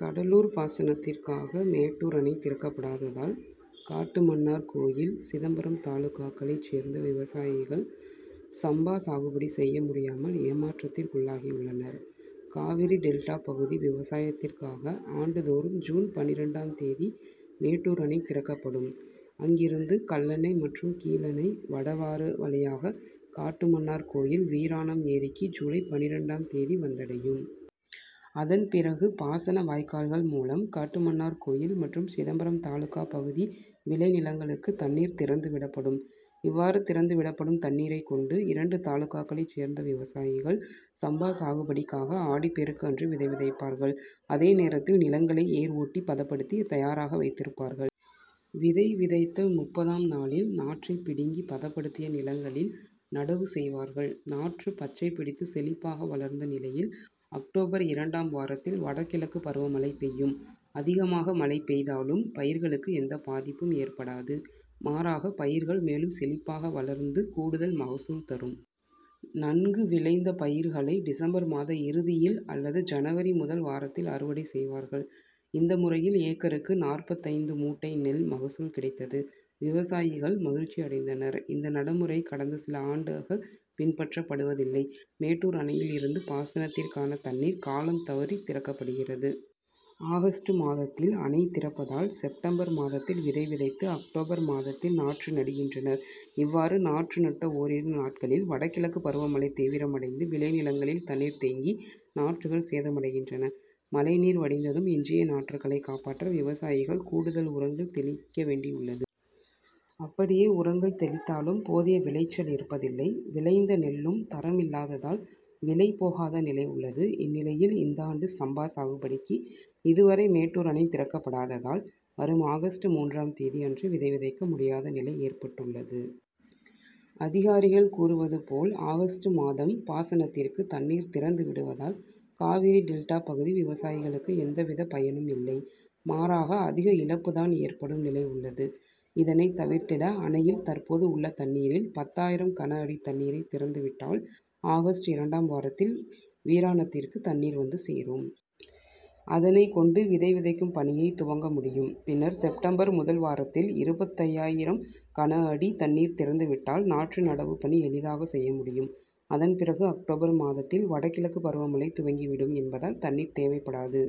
கடலூர் பாசனத்திற்காக மேட் டூர் அணை திறக்கப்படாததால் காட்டுமன்னார் கோவில், சிதம்பரம் தாலுகாக்களைச் சேர்ந்த விவசாயிகள் சம்பா சாகுபடி செய்ய முடியாமல் ஏமாற் றத்திற்குள்ளாகியுள்ளனர். காவிரி டெல்டா பகுதி விவசாயத்திற்காக ஆண்டு தோறும் ஜூன் பன்னிரண்டாம் தேதி மேட்டூர் அணை திறக்கப்படும். அங்கிருந்து கல்லணை மற்றும் கீழணை, வடவாறு வழியாக காட்டுமன்னார்கோவில் வீராணம் ஏரிக்கு ஜூலை பன்னிரண்டாம் தேதி வந்தடையும். அதன் பிறகு பாசன வாய்க்கால்கள் மூலம் கட்டுமன்னார்கோவில் மற்றும் சிதம்பரம் தாலுகா பகுதி விளை நிலங்களுக்கு தண்ணீர் திறந்து விடப்படும். இவ்வாறு திறந்து விடப்படும் தண்ணீரைக் கொண்டு இரண்டு தாலுகாக்களைச் சேர்ந்த விவசாயிகள் சம்பா சாகுபடிக்காக ஆடிப் பெருக்கு அன்று விதை விதைப்பார்கள். அதே நேரத்தில் நிலங் களை ஏர் ஓட்டி பதப்படுத்தி தயாராக வைத்திருப் பார்கள். விதை விதைத்த முப்பதாம் நாளில் நாற்றை பிடுங்கி பதப்படுத்திய நிலங்களில் நடவு செய் வார்கள். நாற்று பச்சை பிடித்து செழிப்பாக வளர்ந்த நிலையில் அக்டோபர் இரண் டாம் வாரத்தில் வடகிழக்கு பருவமழை பெய் யும். அதிகமாக மழை பெய்தாலும், பயிர்களுக்கு எந்த பாதிப்பும் ஏற்படாது. மாறாக பயிர்கள் மேலும் செழிப்பாக வளர்ந்து கூடுதல் மகசூல் தரும். நன்கு விளைந்த பயிர்களை டிசம்பர் மாத இறுதியில் அல்லது ஜனவரி முதல் வாரத்தில் அறுவடை செய்வார்கள். இந்த முறையில் ஏக்கருக்கு நாற்பத்தைந்து மூட்டை நெல் மகசூல் கிடைத்தது. விவசாயிகள் மகிழ்ச்சி அடைந்தனர். இந்த நடைமுறை கடந்த சில ஆண்டாக பின்பற்றப்படுவதில்லை. மேட்டூர் அணையிலிருந்து பாசனத்திற்கான தண்ணீர் காலம் தவறி திறக்கப்படுகிறது. ஆகஸ்ட் மாதத்தில் அணை திறப்பதால் செப்டம்பர் மாதத்தில் விதை விதைத்து அக்டோபர் மாதத்தில் நாற்று நடுகின்றனர். இவ்வாறு நாற்று நட்ட ஓரிரு நாட்களில் வடகிழக்கு பருவமழை தீவிரமடைந்து விளை நிலங்களில் தண்ணீர் தேங்கி நாற்றுகள் சேதமடைகின்றன. மழை நீர் வடிந்ததும் எஞ்சிய நாற்றுகளை காப்பாற்ற விவசாயிகள் கூடுதல் உரங்கள் தெளிக்க வேண்டியுள்ளது. அப்படியே உரங் கள் தெளித்தாலும் போதிய விளைச்சல் இருப்பதில்லை. விளைந்த நெல் லும் தரமில்லாததால் விலை போகாத நிலை உள்ளது. இந்நிலையில் இந் தாண்டு சம்பா சாகுபடிக்கு இதுவரை மேட்டூர் அணை திறக்கப்படாததால், வரும் ஆகஸ்ட் மூன்றாம் தேதி அன்று விதை விதைக்க முடியாத நிலை ஏற்பட்டுள்ளது. அதிகாரிகள் கூறுவது போல் ஆகஸ்ட் மாதம் பாசனத்திற்கு தண்ணீர் திறந்து விடுவதால் காவிரி டெல்டா பகுதி விவசாயிகளுக்கு எந்த வித பயனும் இல்லை. மாறாக அதிக இழப்புதான் ஏற்படும் நிலை உள்ளது. இதனை தவிர்த்திட அணையில் தற்போது உள்ள தண்ணீரில் பத்தாயிரம் கனஅடி தண்ணீரை திறந்து விட்டால் ஆகஸ்ட் இரண் டாம் வாரத்தில் வீராணத் திற்கு தண்ணீர் வந்து சேரும். அதனைக் கொண்டு விதை விதைக் கும் பணியை துவங்க முடியும். பின்னர் செப்டம்பர் முதல் வாரத்தில் இருபத்தாறாயிரம் கன அடி தண்ணீர் திறந்து விட்டால் நாற்று நடவு பணி எளிதாக செய்ய முடியும். அதன் பிறகு அக்டோபர் மாதத்தில் வடகிழக்கு பருவமழை துவங்கி விடும் என்பதால் தண்ணீர் தேவைப்படாது.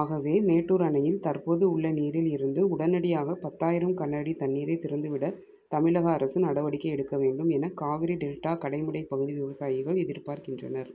ஆகவே மேட்டூர் அணையில் தற் போது உள்ள நீரில் இருந்து உடனடியாக பத்தாயிரம் கன அடி தண்ணீரை திறந்து விட தமிழக அரசு நடவடிக்கை எடுக்க வேண்டும் என காவிரி டெல்டா கடைமடை பகுதி விவசாயிகள் எதிர்பார்க்கின்றனர்.